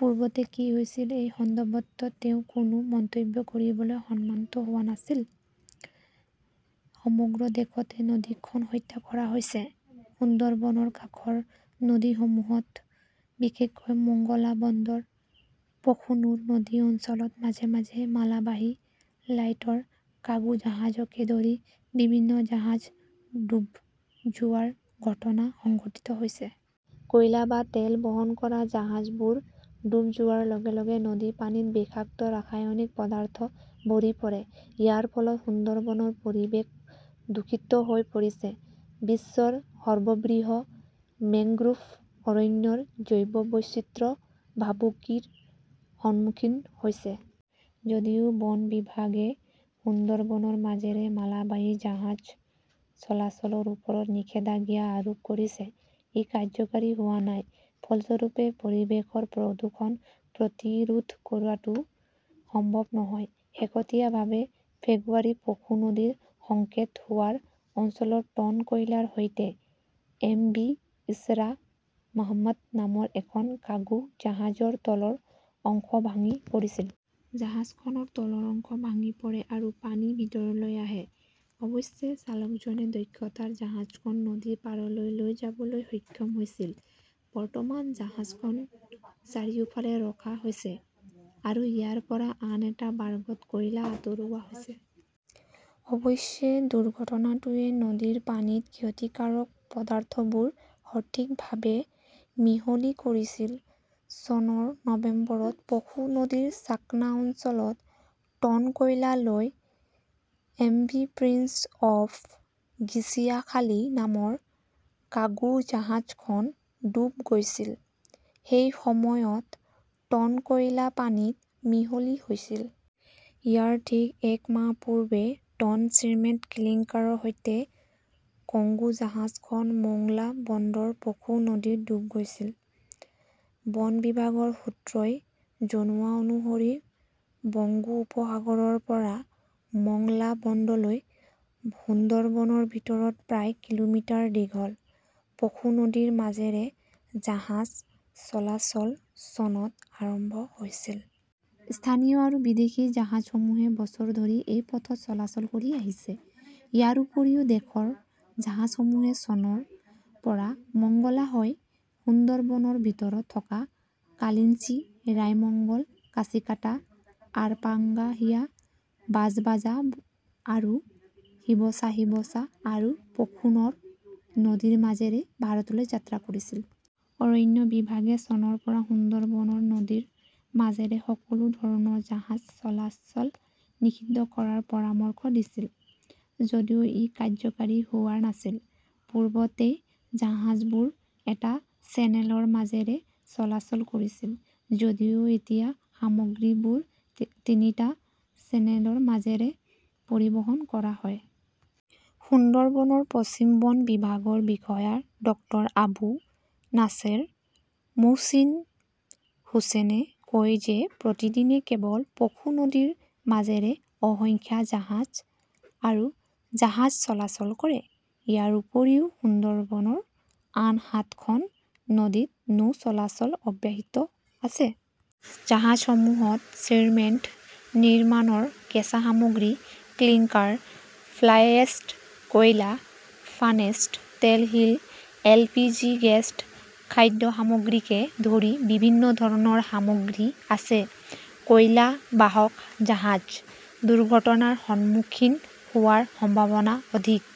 পূৰ্বতে কি হৈছিল সেই সন্দৰ্ভত তেওঁ কোনো মন্তব্য কৰিবলৈ সন্মত হোৱা নাছিল। সমগ্ৰ দেশতে নদীখন হত্যা কৰা হৈছে। সুন্দৰবনৰ কাষৰ নদীসমূহত, বিশেষকৈ মোংলা বন্দৰৰ পশুনুৰ নদী অঞ্চলত, মাজে মাজে মালবাহী লাইটৰ কাৰ্গো জাহাজকে ধৰি বিভিন্ন জাহাজ ডুব যোৱাৰ ঘটনা সংঘটিত হৈছে। কয়লা বা তেল বহন কৰা জাহাজবোৰ ডুব যোৱাৰ লগে লগে নদীৰ পানীত বিষাক্ত ৰাসায়নিক পদাৰ্থ ভৰি পৰে। ইয়াৰ ফলত সুন্দৰবনৰ পৰিৱেশ দূষিত হৈ পৰিছে। বিশ্বৰ সৰ্ববৃহৎ মেংগ্ৰোভ অৰণ্যৰ জৈৱ বৈচিত্ৰ্য ভাবুকিৰ সন্মুখীন হৈছে। যদিও বন বিভাগে সুন্দৰবনৰ মাজেৰে মালবাহী জাহাজ চলাচলৰ ওপৰত নিষেধাজ্ঞা আৰোপ কৰিছে, ই কাৰ্যকৰী হোৱা নাই। ফলস্বৰূপে, পৰিৱেশৰ প্ৰদূষণ প্ৰতিৰোধ কৰাটো সম্ভৱ নহয়। শেহতীয়াভাৱে ফেব্ৰুৱাৰীত পশু নদীৰ সংকেত টাৱাৰ অঞ্চলত টন কয়লাৰ সৈতে 'এমভি ইছৰা মাহমুদ নামৰ এখন কাৰ্গো জাহাজৰ তলৰ অংশ ভাঙি পৰিছিল। জাহাজখনৰ তলৰ অংশ ভাঙি পৰে আৰু পানী ভিতৰলৈ আহে। অৱশ্যে চালকজনে দক্ষতাৰে জাহাজখন নদীৰ পাৰলৈ লৈ যাবলৈ সক্ষম হৈছিল। বৰ্তমান জাহাজখন চাৰিওফালে ৰখা হৈছে আৰু ইয়াৰ পৰা আন এটা বাৰ্গত কয়লা আঁতৰোৱা হৈছে। অৱশ্যে, দুৰ্ঘটনাটোৱে নদীৰ পানীত ক্ষতিকাৰক পদাৰ্থবোৰ সঠিকভাৱে মিহলি কৰিছিল। চনৰ নৱেম্বৰত পশু নদীৰ চাৰ্কানা অঞ্চলত টন কয়লা লৈ এমভি প্ৰিন্স অৱ ঘিচিয়াখালী নামৰ কাৰ্গো জাহাজখন ডুব গৈছিল। সেই সময়ত টন কয়লা পানীত মিহলি হৈছিল। ইয়াৰ ঠিক এক মাহ পূৰ্বে টন চিমেণ্ট ক্লিংকাৰৰ সৈতে কৰ্গো জাহাজখন মোংলা বন্দৰৰ পশু নদীত ডুব গৈছিল। বন বিভাগৰ সূত্ৰই জনোৱা অনুসৰি বংগোপসাগৰৰ পৰা মোংলা বন্দৰলৈ সুন্দৰবনৰ ভিতৰত প্ৰায় কিলোমিটাৰ দীঘল পশু নদীৰ মাজেৰে জাহাজ চলাচল চনত আৰম্ভ হৈছিল। স্থানীয় আৰু বিদেশী জাহাজসমূহে বছৰ ধৰি এই পথত চলাচল কৰি আহিছে। ইয়াৰ উপৰিও, দেশৰ জাহাজসমূহে চনৰ পৰা মংগলা হৈ সুন্দৰবনৰ ভিতৰত থকা কালিঞ্চি, ৰায়মঙ্গল, কাছিকাটা, আৰপাংগাসিয়া, বাজবাজা, আৰুৱা শিৱছা, শিৱছা আৰু পশুনৰ নদীৰ মাজেৰে ভাৰতলৈ যাত্ৰা কৰিছিল। অৰণ্য বিভাগে চনৰ পৰা সুন্দৰবনৰ নদীৰ মাজেৰে সকলো ধৰণৰ জাহাজ চলাচল নিষিদ্ধ কৰাৰ পৰামৰ্শ দিছিল যদিও ই কাৰ্যকৰী হোৱা নাছিল। পূৰ্বতে জাহাজবোৰ এটা চেনেলৰ মাজেৰে চলাচল কৰিছিল যদিও এতিয়া সামগ্ৰীবোৰ তিনিটা চেনেলৰ মাজেৰে পৰিবহণ কৰা হয়। সুন্দৰবন পশ্চিম বন বিভাগৰ বিষয়া ডাঃ আবু নাছেৰ মোহচিন হুচেইনে কয় যে প্ৰতিদিনে কেৱল পশু নদীৰ মাজেৰে অসংখ্য জাহাজ আৰু জাহাজ চলাচল কৰে। ইয়াৰ উপৰিও সুন্দৰবনৰ আন সাতখন নদীত নৌ চলাচল অব্যাহত আছে। জাহাজসমূহত চিমেণ্ট নিৰ্মাণৰ কেঁচা সামগ্ৰী ক্লিংকাৰ, ফ্লাইএছ, কয়লা, ফাৰ্নেচ তেল, শিল, এল পি জি গেছ, খাদ্য সামগ্ৰীকে ধৰি বিভিন্ন ধৰণৰ সামগ্ৰী আছে। কয়লা বাহক জাহাজ দুৰ্ঘটনাৰ সন্মুখীন হোৱাৰ সম্ভাৱনা অধিক।